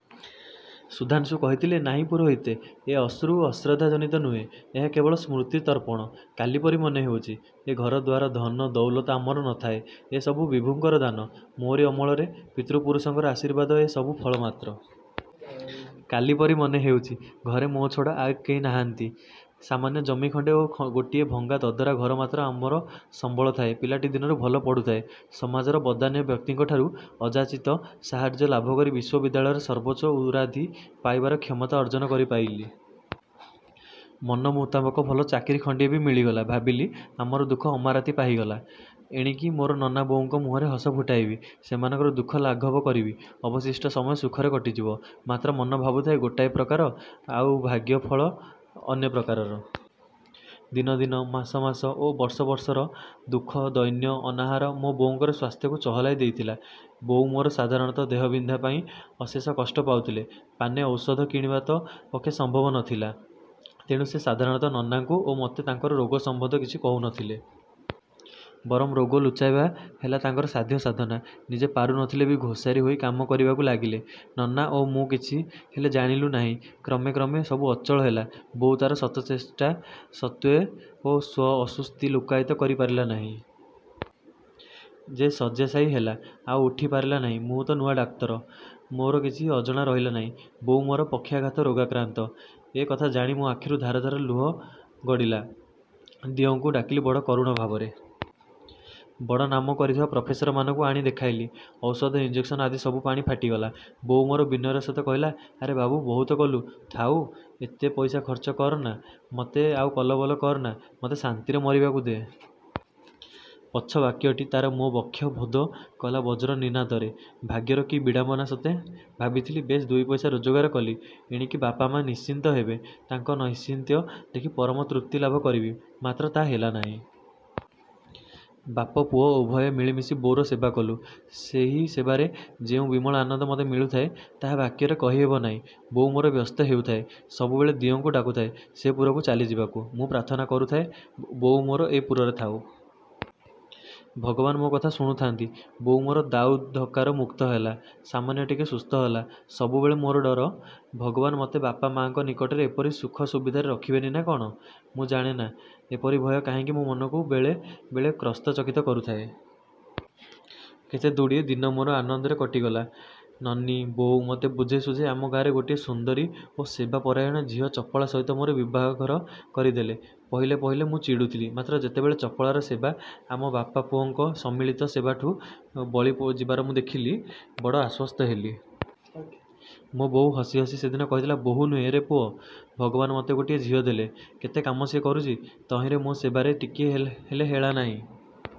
" ସୁଧାଂଶୁ କହିଥିଲେ—ନାହିଁ ପୁରୋହିତେ, ଏ ଅଶ୍ରୁ ଅଶ୍ରଦ୍ଧା ଜନିତ ନୁହେଁ। ଏହା କେବଳ ସ୍ମୃତି ତର୍ପଣ। କାଲିପରି ମନେ ହେଉଛି। ଏ ଘର, ଦ୍ୱାର, ଧନ, ଦଉଲତ ଆମର ନ ଥାଏ-। ଏ ସବୁ ବିଭୁଙ୍କର ଦାନ। ମୋରି ଅମଳରେ। ପିତୃ ପୁରୁଷଙ୍କର ଆଶୀର୍ବାଦର ଏ ସବୁ ଫଳ ମାତ୍ର-। କାଲିପରି ମନେ ହେଉଚି। ଘରେ ମୋ ଛଡ଼ା ଆଉ କେହି ନ ଥାଆନ୍ତି। ସାମାନ୍ୟ ଜମି ଖଣ୍ଡେ ଓ ଗୋଟିଏ ଭଙ୍ଗା ଦଦରା ଘର ମାତ୍ର ଆମର ସମ୍ୱଳ ଥାଏ। ପିଲାଟି ଦିନରୁ ଭଲ ପଢ଼ୁଥାଏ-। ସମାଜର ବଦାନ୍ୟ ବ୍ୟକ୍ତିଙ୍କଠାରୁ ଅଯାଚିତ ସାହାର୍ଯ୍ୟ ଲାଭକରି ବିଶ୍ୱବିଦ୍ୟାଳୟର ସର୍ବୋଚ୍ଚ ଉରାଧି ପାଇବାର କ୍ଷମତା ଅର୍ଜନ କରି ପାରିଲି। ମନମୁତାବକ ଭଲ ଚାକିରୀ ଖଣ୍ଡିଏ ବି ମିଳିଗଲା-। ଭାବିଲି, ଆମର ଦୁଃଖ-ଅମାରାତି ପାହିଗଲା। ଏଣିକି ମୋର ନନା ବୋଉଙ୍କ ମୁହଁରେ ହସ ଫୁଟାଇବି। ସେମାନଙ୍କର ଦୁଃଖ ଲାଘବ କରିବି ଅବଶିଷ୍ଟ ସମୟ ସୁଖରେ କଟିଯିବ। ମାତ୍ର ମନ ଭାବୁଥାଏ ଗୋଟାଏ ପ୍ରକାର, ଆଉ ଭାଗ୍ୟ ଫଳେ ଅନ୍ୟ ପ୍ରକାରର। ଦିନ ଦିନ, ମାସ ମାସ ଓ ବର୍ଷ ବର୍ଷର ଦୁଃଖ, ଦୈନ୍ୟ, ଅନାହାର ମୋ ବୋଉଙ୍କର ସ୍ୱାସ୍ଥ୍ୟକୁ ଚହଲାଇ ଦେଇଥିଲା। ବୋଉ ମୋର ସାଧାରଣତଃ ଦେହ ବିନ୍ଧା ପାଇଁ ଅଶେଷ କଷ୍ଟ ପାଉଥିଲେ। ପାନେ ଔଷଧ କିଣିବା ତ ଆମ ପକ୍ଷେ ଅସମ୍ଭବ ଥିଲା; ତେଣୁ ସେ ସାଧାରଣତଃ ନନାଙ୍କୁ ଓ ମୋତେ ତାଙ୍କର ରୋଗ ସମ୍ୱନ୍ଧ କିଛି କହୁ ନ ଥିଲେ। ବରଂ ରୋଗ ଲୁଚାଇବା ହେଲା ତାଙ୍କର ସାଧ୍ୟ ସାଧନା। ନିଜେ ପାରୁ ନ ଥିଲେ ବି ଘୋଷାରି ହୋଇ କାମ କରିବାକୁ ଲାଗିଲେ। ନନା ଓ ମୁଁ କିଛି ହେଲେ ଜାଣିଲୁ ନାହିଁ। କ୍ରମେ କ୍ରମେ ସବୁ ଅଚଳ ହେଲା। ବୋଉ ତାର ଇଚ୍ଛା ଶତଚେଷ୍ଟା ସତ୍ତ୍ୱେ ଓ ସ୍ୱ ଅସୁସ୍ଥି ଲୁକ୍କାୟିତ କରି ରଖି ପାରିଲା ନାହିଁ। ଯେ ଶଯ୍ୟାଶାୟୀ ହେଲା, ଆଉ ଉଠି ପାରିଲା ନାହିଁ। ମୁଁ ତ ନୂଆ ଡାକ୍ତର। ମୋର କିଛି ଅଜଣା ରହିଲା ନାହିଁ। ବୋଉ ମୋର ପକ୍ଷାଘାତ ରୋଗାକ୍ରାନ୍ତ। ଏ କଥା ଜାଣି ମୋ ଆଖିରୁ ଧାର ଧାର ହୋଇ ଲୁହ ଗଡ଼ିଲା। ଦିଅଁଙ୍କୁ ଡାକିଲି ବଡ଼ କରୁଣ ଭାବରେ। ବଡ଼ ନାମ କରିଥିବା ପ୍ରଫେସରମାନଙ୍କୁ ଆଣି ଦେଖାଇଲି। ଔଷଧ ଇଞ୍ଜେକ୍ସନ ଆଦି ସବୁ ପାଣି ଫାଟିଗଲା। ବୋଉ ମୋର ବିନୟର ସହିତ କହିଲା—ଆରେ ବାବୁ, ବହୁତ କଲୁ। ଥାଉ, ଏତେ ପଇସା ଖର୍ଚ୍ଚ କର ନା, ମତେ ଆଉ କଲବଲ କର ନା। ମତେ ଶାନ୍ତିରେ ମରିବାକୁ ଦେ। ପଛବାକ୍ୟଟି ତାର ମୋ ବକ୍ଷ ଭୋଦ କଲା ବଜ୍ର ନିନାଦରେ। ଭାଗ୍ୟର କି ବିଡ଼ମ୍ୱନା ସତେ! ଭାବିଥିଲି ବେଶ୍ ଦୁଇ ପଇସା ରୋଜଗାର କଲି, ଏଣିକି ବାପ ମା ନିଶ୍ଚିନ୍ତ ହେବେ। ତାଙ୍କ ନୈଶ୍ଚିନ୍ତ୍ୟ ଦେଖି ପରମ ତୃପ୍ତି ଲାଭ କରିବି, ମାତ୍ର ତାହା ହେଲା ନାହିଁ। ବାପ, ପୁଅ, ଉଭୟେ ମିଳିମିଶି ବୋଉର ସେବା କଲୁଁ। ସେହି ସେବାରେ ଯେଉଁ ବିମଳ ଆନନ୍ଦ ମତେ ମିଳୁଥାଏ, ତାହା ବାକ୍ୟରେ କହିହେବ ନାହିଁ। ବୋଉ ମୋର ବ୍ୟସ୍ତ ହେଉଥାଏ। ସବୁବେଳେ ଦିଅଙ୍କୁ ଡାକୁଥାଏ ସେପୁରକୁ ଚାଲି ଯିବାକୁ। ମୁଁ ପ୍ରାର୍ଥନା କରୁଥାଏ, ବୋଉ ମୋର ଏ ପୁରରେ ଥାଉ। ଭଗବାନ ମୋ କଥା ଶୁଣୁ ଥାଆନ୍ତି; ବୋଉ ମୋର ଦାଉ ଧକ୍କାର ମୁକ୍ତ ହେଲା। ସାମାନ୍ୟ ଟିକିଏ ସୁସ୍ଥ ହେଲା-। ସବୁବେଳେ ମୋର ଡର। ଭଗବାନ ମତେ ବାପ—ମା'ଙ୍କ ନିକଟରେ ଏପରି ସୁଖ ସୁବିଧାରେ ରଖିବେନି ନା କ'ଣ। ମୁଁ ଜାଣେ ନା, ଏପରି ଭୟ କାହିଁକି ମୋ ମନକୁ ବେଳେ ବେଳେ କ୍ରସ୍ତ ଚକିତ କରୁଥାଏ। କେତେଦୁଡ଼ିଏ ଦିନ ମୋର ଆନନ୍ଦରେ କଟିଗଲା। ନନୀ, ବୋଉ ମତେ ବୁଝେଇ ସୁଝେଇ ଆମ ଗାଁର ଗୋଟିଏ। ସୁନ୍ଦରୀ ଓ ସେବାପରାୟଣା ଝିଅ ଚପଳା ସହିତ ମୋର ବିଭାଘର କରି ଦେଲେ। ପହିଲେ ପହିଲେ ମୁଁ ଚିଡ଼ୁଥିଲି; ମାତ୍ର ଯେତେବେଳେ ଚପଳାର ସେବା ଆମ ବାପ ପୁଅଙ୍କ ସମ୍ମିଳୀତ ସେବାଠ ରୁ ବଳି ଯିବାର ମୁଁ ଦେଖିଲି, ବଡ଼ ଆଶ୍ୱସ୍ତ ହେଲି। ମୋ ବୋଉ ହସି ହସି ସେଦିନ କହିଥିଲା—ବୋହୂ ନୁହେଁ ରେ ପୁଅ ଭଗବାନ ମତେ ଗୋଟିଏ ଝିଅ ଦେଲେ। କେତେ କାମ ସିଏ କରୁଚି। ତହିଁରେ ମୋ ସେବାରେ ଟିକିଏ ହେଲେ ହେଳା ନାହିଁ।